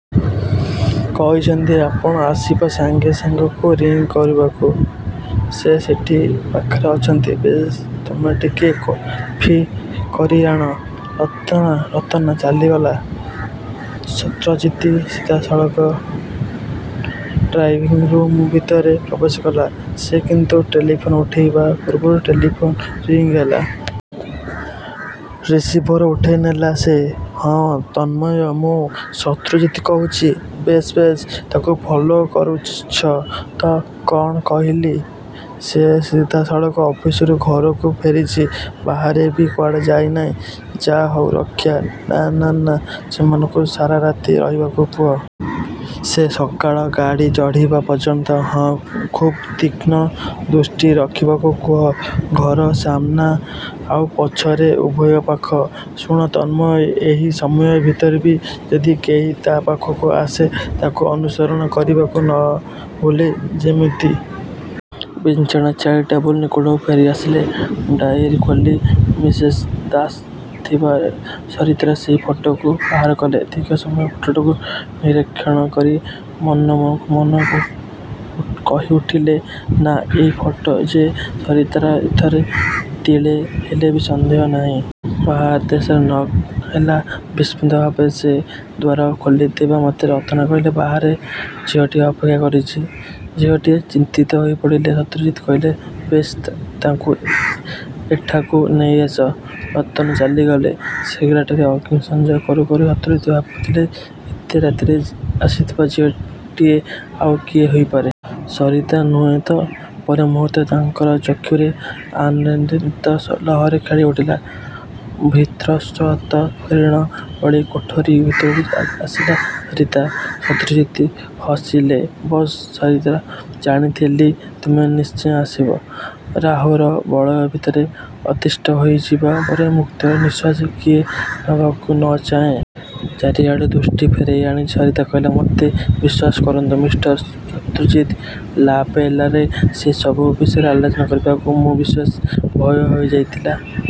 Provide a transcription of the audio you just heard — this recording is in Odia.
କହିଛନ୍ତି ଆପଣ ଆସିବା ସଙ୍ଗେ ସଙ୍ଗେ କୁ ରିଂ କରିବାକୁ। ସେ ସେଇଠି ପାଖରେ ଅଛନ୍ତି। ବେଶ୍, ତମେ ଟିକିଏ କଫି କରିଆଣ ରତନା ରତନା ଚାଲିଗଲା। ଶତ୍ରଜିତ୍ ସିଧାସଳଖ ଡ୍ରଇଂରୁମ୍ ଭିତରେ ପ୍ରବେଶ କଲେ। ସେ କିନ୍ତୁ ଟେଲିଫୋନ୍ ଉଠାଇବା ପୂର୍ବରୁ ଟେଲିଫୋନ୍ ରିଂ ହେଲା। ରିସିଭର ଉଠାଇନେଲେ ସେ। ହଁ, ତନ୍ମୟ, ମୁଁ ଶତ୍ରୁଜିତ୍ କହୁଛି। ବେଶ୍ ବେଶ୍, ତାକୁ ଫଲୋ କରିଛ ତ? କ'ଣ କହିଲି? ସେ ସିଧାସଳଖ ଅଫିସରୁ ଘରକୁ ଫେରିଛି। ବାହାରେ ବି କୁଆଡ଼େ ଯାଇନାହିଁ? ଯାହାହେଉ, ରକ୍ଷା। ନା, ନା, ସେମାନଙ୍କୁ ସାରାରାତି ରହିବାକୁ କୁହ। ସେ ସକାଳେ ଗାଡ଼ି ଚଢ଼ିବା ପର୍ଯ୍ୟନ୍ତ। ହଁ, ଖୁବ୍ ତୀକ୍ଷ୍ଣ ଦୃଷ୍ଟି ରଖିବାକୁ କୁହ। ଘର ସାମନା ଆଉ ପଛରେ, ଉଭୟ ପାଖ। ଶୁଣ ତନ୍ମୟ ଏ ସମୟ ଭିତରେ ବି ଯଦି କେହି ତା' ପାଖକୁ ଆସେ, ତାକୁ ଅନୁସରଣ କରିବାକୁ ନ ଭୁଲ୍ ଯେମିତି। ବିଛଣା ଛାଡ଼ି ଟେବୁଲ ନିକଟକୁ ଫେରିଆସିଲେ। ଡ୍ରୟର ଖୋଲି ମିସେସ ଦାସ ଦେଇଥିବା ସରିତାର ସେଇ ଫଟୋଟିକୁ ବାହାର କଲେ। ଦୀର୍ଘ ସମୟ ଫଟୋଟିକୁ ନିରୀକ୍ଷଣ କରି ମନକୁମନ କହି ଉଠିଲେ ନା, ଏଇ ଫଟୋଗ୍ରାଫ୍ ଯେ ସରିତାର ଏଥିରେ ତିଳେହେଲେ ବି ସନ୍ଦେହ ନାହିଁ। ଦ୍ୱାରଦେଶରେ ନକ୍ ହେଲା। ବିସ୍ମିତ ଭାବରେ ସେ ଦ୍ୱାର ଖୋଲିଦେବା ମାତ୍ରେ ରତନା କହିଲା ବାହାରେ ଝିଅଟିଏ ଅପେକ୍ଷା କରିଛି। ଝିଅଟିଏ! ଚିନ୍ତିତ ହୋଇପଡ଼ି ଶତ୍ରୁଜିତ୍ କହିଲେ ବେଶ୍, ତାକୁ ଏଇଠାକୁ ନେଇଆସ। ରତନ ଚାଲିଗଲା। ସିଗାରେଟରେ ଅଗ୍ନି ସଂଯୋଗ କରୁକରୁ ଶତ୍ରୁଜିତ୍ ଭାବୁଥିଲେ ଏତେ ରାତିରେ ଆସିଥିବା ଝିଅଟି ଆଉ କିଏ ହୋଇପାରେ? ସରିତା ନୁହେଁ ତ! ପର ମୁହୂର୍ତ୍ତରେ ତାଙ୍କର ଚକ୍ଷୁରେ ଆନନ୍ଦର ଲହରୀ ଖେଳି ଉଠିଲା। ଭୀତତ୍ରସ୍ତା ହରିଣୀ ଭଳି କୋଠରି ଭିତରକୁ ଆସିଲା ସରିତା। ଶତ୍ରୁଜିତ୍ ହସିଲେ ବସ, ସରିତା, ମୁଁ ଜାଣିଥିଲି ତମେ ନିଶ୍ଚୟ ଆସିବ। ରାହୁର ବଳୟ ଭିତରେ ଅତିଷ୍ଠ ହୋଇଯିବା ପରେ ମୁକ୍ତିର ନିଶ୍ୱାସ କିଏ ନେବାକୁ ନ ଚାହେଁ! ଚାରିଆଡ଼ୁ ଦୃଷ୍ଟି ଫେରାଇଆଣି ସରିତା କହିଲା ମୋତେ ବିଶ୍ୱାସ କରନ୍ତୁ, ମିଷ୍ଟର ଶତ୍ରୁଜିତ୍, ଲା-ବେଲାରେ ସେସବୁ ବିଷୟ ଆଲୋଚନା କରିବାକୁ ମୁଁ ବିଶେଷ ଭୟ ରହି ଯାଇଥିଲି।